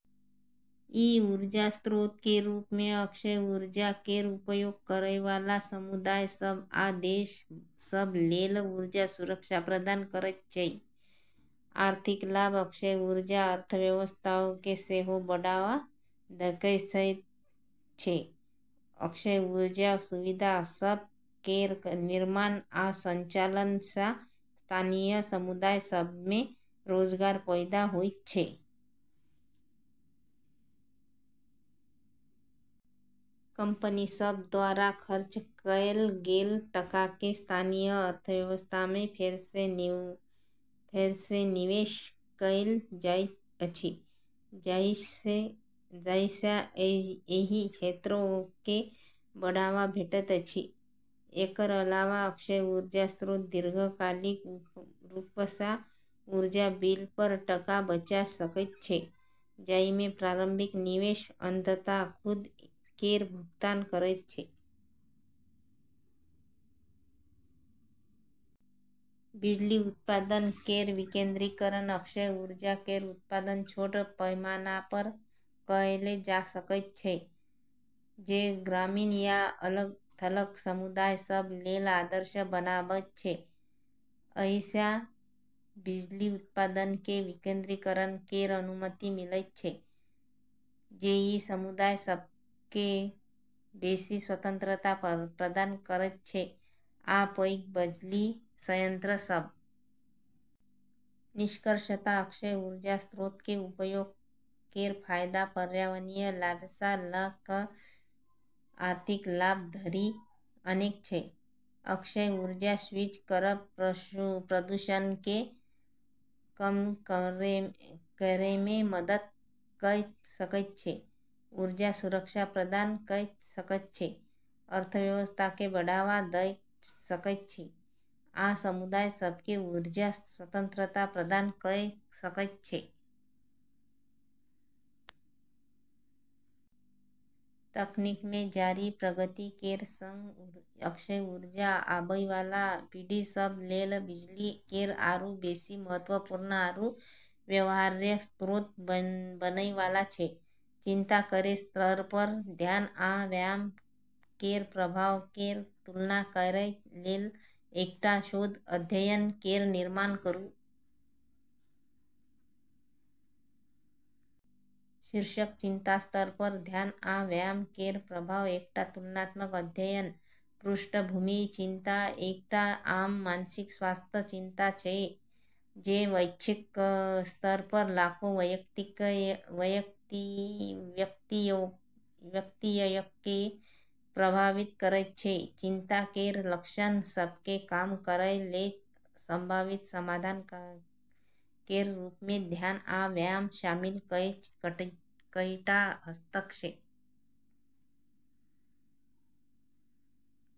ई ऊर्जा स्रोत केर रूपमे अक्षय ऊर्जा केर उपयोग करैवाला समुदाय सभ आ देश सभ लेल ऊर्जा सुरक्षा प्रदान करैत छै। आर्थिक लाभ: अक्षय ऊर्जा अर्थव्यवस्थाकेँ सेहो बढ़ावा दऽ सकैत छै। अक्षय ऊर्जा सुविधा सभ केर निर्माण आ संचालनसँ स्थानीय समुदाय सभमे रोजगार पैदा होइत छै। कंपनी सभ द्वारा खर्च कएल गेल टकाकेँ स्थानीय अर्थव्यवस्थामे फेरसँ निवेश कएल जाइत अछि, जाहिसँ एहि क्षेत्रकेँ बढ़ावा भेटैत अछि। एकर अलावा, अक्षय ऊर्जा स्रोत दीर्घकालिक रूपसँ ऊर्जा बिलपर टका बचा सकैत छै, जाहिमे प्रारंभिक निवेश अंततः खुद केर भुगतान करैत छै। बिजली उत्पादन केर विकेंद्रीकरण: अक्षय ऊर्जा केर उत्पादन छोट पैमानापर कएल जा सकैत छै, जे ग्रामीण या अलग-थलग समुदाय सभ लेल आदर्श बनाबैत छै। एहिसँ बिजली उत्पादन केर विकेंद्रीकरण केर अनुमति मिलैत छै, जे ई समुदाय सभकेँ बेसी स्वतंत्रता प्रदान करैत छै आ पैघ बिजली संयंत्र सभ आ ओकरा समर्थन लेल आवश्यक बुनियादी ढाँचा केर आवश्यकता कम भऽ सकैत छै। निष्कर्षतः: अक्षय ऊर्जा स्रोत केर उपयोग केर फायदा पर्यावरणीय लाभसँ लऽ कऽ आर्थिक लाभ धरि अनेक छै। अक्षय ऊर्जापर स्विच करब प्रदूषणकेँ कम करैमे मदद कऽ सकैत छै, ऊर्जा सुरक्षा प्रदान कऽ सकैत छै, अर्थव्यवस्थाकेँ बढ़ावा दऽ सकैत छै, आ समुदाय सभकेँ ऊर्जा स्वतंत्रता प्रदान कऽ सकैत छै। तकनीकमे जारी प्रगति केर संग अक्षय ऊर्जा आबैवाला पीढ़ी सभ लेल बिजली केर आरू बेसी महत्वपूर्ण आरू व्यवहार्य स्रोत बनैवाला छै। चिंता केर स्तरपर ध्यान आ व्यायाम केर प्रभाव केर तुलना करै लेल एकटा शोध अध्ययन केर निर्माण करू। शीर्षक: चिंता स्तरपर ध्यान आ व्यायाम केर प्रभाव: एकटा तुलनात्मक अध्ययन। पृष्ठभूमि: चिंता एकटा आम मानसिक स्वास्थ्य चिंता छै जे वैश्विक स्तरपर लाखो व्यक्तियककेँ प्रभावित करैत छै। चिंता केर लक्षण सभकेँ कम करै लेल संभावित समाधान केर रूपमे ध्यान आ व्यायाम शामिल कऽ कईटा हस्तक्षेप प्रस्तावित कएल गेल छै।